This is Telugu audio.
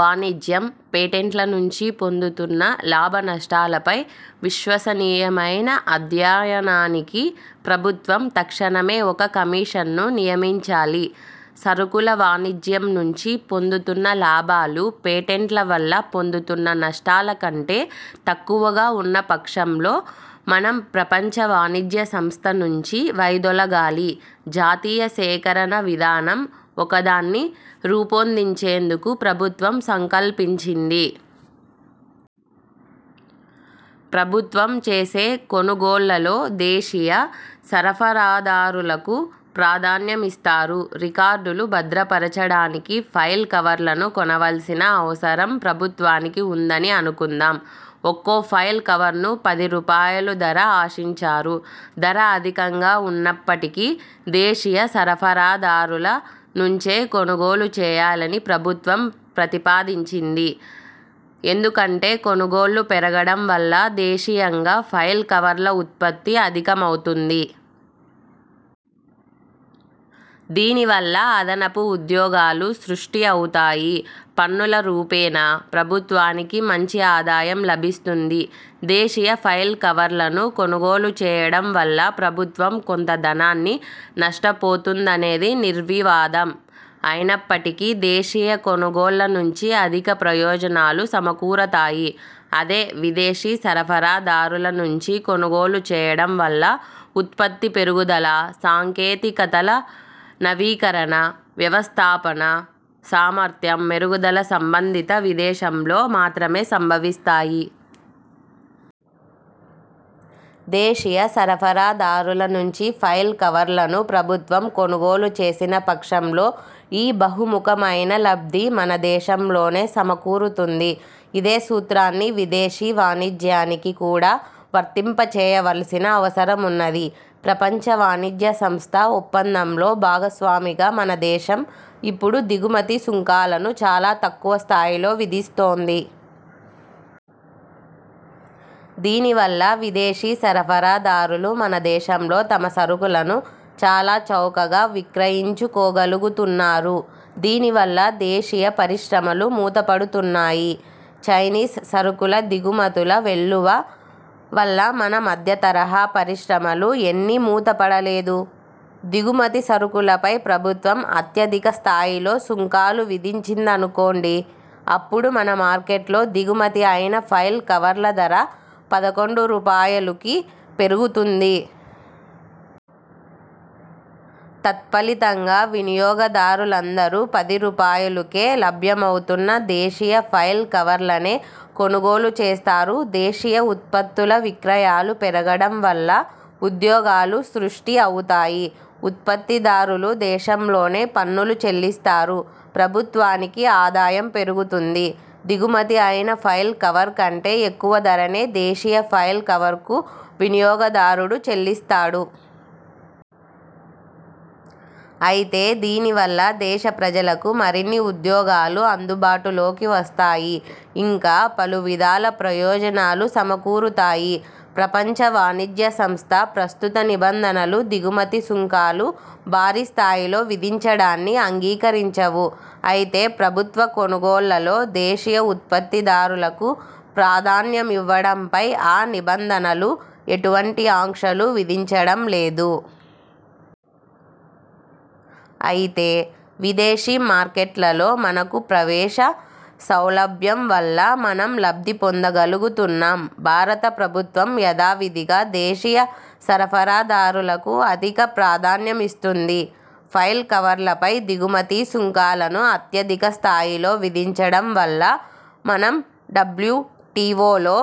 వాణిజ్యం, పేటెంట్ల నుంచి పొందుతున్న లాభనష్టాలపై విశ్వసనీయమైన అధ్యయనానికి ప్రభుత్వం తక్షణమే ఒక కమిషన్ను నియమించాలి. సరుకుల వాణిజ్యం నుంచి పొందుతున్న లాభాలు పేటెంట్ల వల్ల పొందుతున్న నష్టాల కంటే తక్కువగా ఉన్న పక్షంలో మనం ప్రపంచ వాణిజ్య సంస్థ నుంచి వైదొలగాలి. జాతీయ సేకరణ విధానం ఒకదాన్ని రూపొందించేందుకు ప్రభుత్వం సంకల్పించింది. ప్రభుత్వం చేసే కొనుగోళ్ళలో దేశీయ సరఫరాదారులకు ప్రాధాన్యమిస్తారు. రికార్డులు భద్రపరచడానికి ఫైల్ కవర్లను కొనవల్సిన అవసరం ప్రభుత్వానికి వుందని అనుకుందాం. ఒక్కో ఫైల్ కవర్ను పది రూపాయలుధర ఆశించారు. ధర అధికంగా ఉన్నప్పటికీ దేశీయ సరఫరాదారుల నుంచే కొనుగోలు చేయాలని ప్రభుత్వం ప్రతిపాదించింది. ఎందుకంటే కొనుగోళ్ళు పెరగడం వల్ల దేశీయంగా ఫైల్ కవర్ల ఉత్పత్తి అధికమవుతుంది. దీనివల్ల అదనపు ఉద్యోగాలు సృష్టి అవుతాయి, పన్నుల రూపేణా ప్రభుత్వానికి మంచి ఆదాయం లభిస్తుంది. దేశీయ ఫైల్ కవర్లను కొనుగోలు చేయడం వల్ల ప్రభుత్వం కొంత ధనాన్ని నష్టపోతుందనేది నిర్వివాదం. అయినప్పటికీ దేశీయ కొనుగోళ్ల నుంచి అధిక ప్రయోజనాలు సమకూరతాయి. అదే విదేశీ సరఫరాదారుల నుంచి కొనుగోలు చేయడం వల్ల ఉత్పత్తి పెరుగుదల, సాంకేతికతల నవీకరణ, వ్యవస్థాపనా సామర్థ్యం మెరుగుదల సంబంధిత విదేశంలో మాత్రమే సంభవిస్తాయి. దేశీయ సరఫరాదారుల నుంచి ఫైల్ కవర్లను ప్రభుత్వం కొనుగోలుచేసిన పక్షంలో ఈ బహుముఖమైన లబ్ధి మన దేశంలోనే సమకూరుతుంది. ఇదే సూత్రాన్ని విదేశీ వాణిజ్యానికి కూడా వర్తింపచేయవల్సిన అవసరమున్నది. ప్రపంచ వాణిజ్య సంస్థ ఒప్పందంలో భాగస్వామిగా మన దేశం ఇప్పుడు దిగుమతి సుంకాలను చాలా తక్కువ స్థాయిలో విధిస్తోంది. దీనివల్ల విదేశీ సరఫరాదారులు మన దేశంలో తమ సరుకులను చాలా చౌకగా విక్రయించుకోగలుగుతున్నారు. దీనివల్ల దేశీయ పరిశ్రమలు మూతపడుతున్నాయి. చైనీస్ సరుకుల దిగుమతుల వెల్లువ వల్ల మన మధ్యతరహా పరిశ్రమలు ఎన్ని మూతపడలేదు? దిగుమతి సరుకులపై ప్రభుత్వం అత్యధిక స్థాయిలో సుంకాలు విధించిందనుకోండి. అప్పుడు మన మార్కెట్లో, దిగుమతి అయిన ఫైల్ కవర్ల ధర పదకొండు రూపాయలుకి పెరుగుతుంది. తత్ఫలితంగా వినియోగదారులందరూ పది రూపాయలుకే లభ్యమవుతున్న దేశీయ ఫైల్ కవర్లనే కొనుగోలు చేస్తారు దేశీయ ఉత్పత్తుల విక్రయాలు పెరగడం వల్ల ఉద్యోగాలు సృష్టి అవుతాయి. ఉత్పత్తిదారులు దేశంలోనే పన్నులు చెల్లిస్తారు. ప్రభుత్వానికి ఆదాయం పెరుగుతుంది. దిగుమతి అయిన ఫైల్ కవర్ కంటే ఎక్కువ ధరనే దేశీయ ఫైల్ కవర్కు వినియోగదారుడు చెల్లిస్తాడు. అయితే దీనివల్ల దేశ ప్రజలకు మరిన్ని ఉద్యోగాలు అందుబాటులోకి వస్తాయి. ఇంకా పలు విధాల ప్రయోజనాలు సమకూరుతాయి. ప్రపంచ వాణిజ్య సంస్థ ప్రస్తుత నిబంధనలు దిగుమతి సుంకాలు భారీ స్థాయిలో విధించడాన్ని అంగీకరించవు. అయితే ప్రభుత్వ కొనుగోళ్ళలో దేశీయ ఉత్పత్తిదారులకు ప్రాధాన్యమివ్వడంపై ఆ నిబంధనలు ఎటువంటి ఆంక్షలు విధించడం లేదు. అయితే విదేశీ మార్కెట్లలో మనకు ప్రవేశ సౌలభ్యంవల్ల మనం లబ్ధి పొందగలుగుతున్నాం. భారత ప్రభుత్వం యథావిధిగా దేశీయ సరఫరాదారులకు అధిక ప్రాధాన్యమిస్తుంది. ఫైల్ కవర్లపై దిగుమతి సుంకాలను అత్యధికస్థాయిలో విధించడం వల్ల మనం డబ్ల్యూ టీవోలో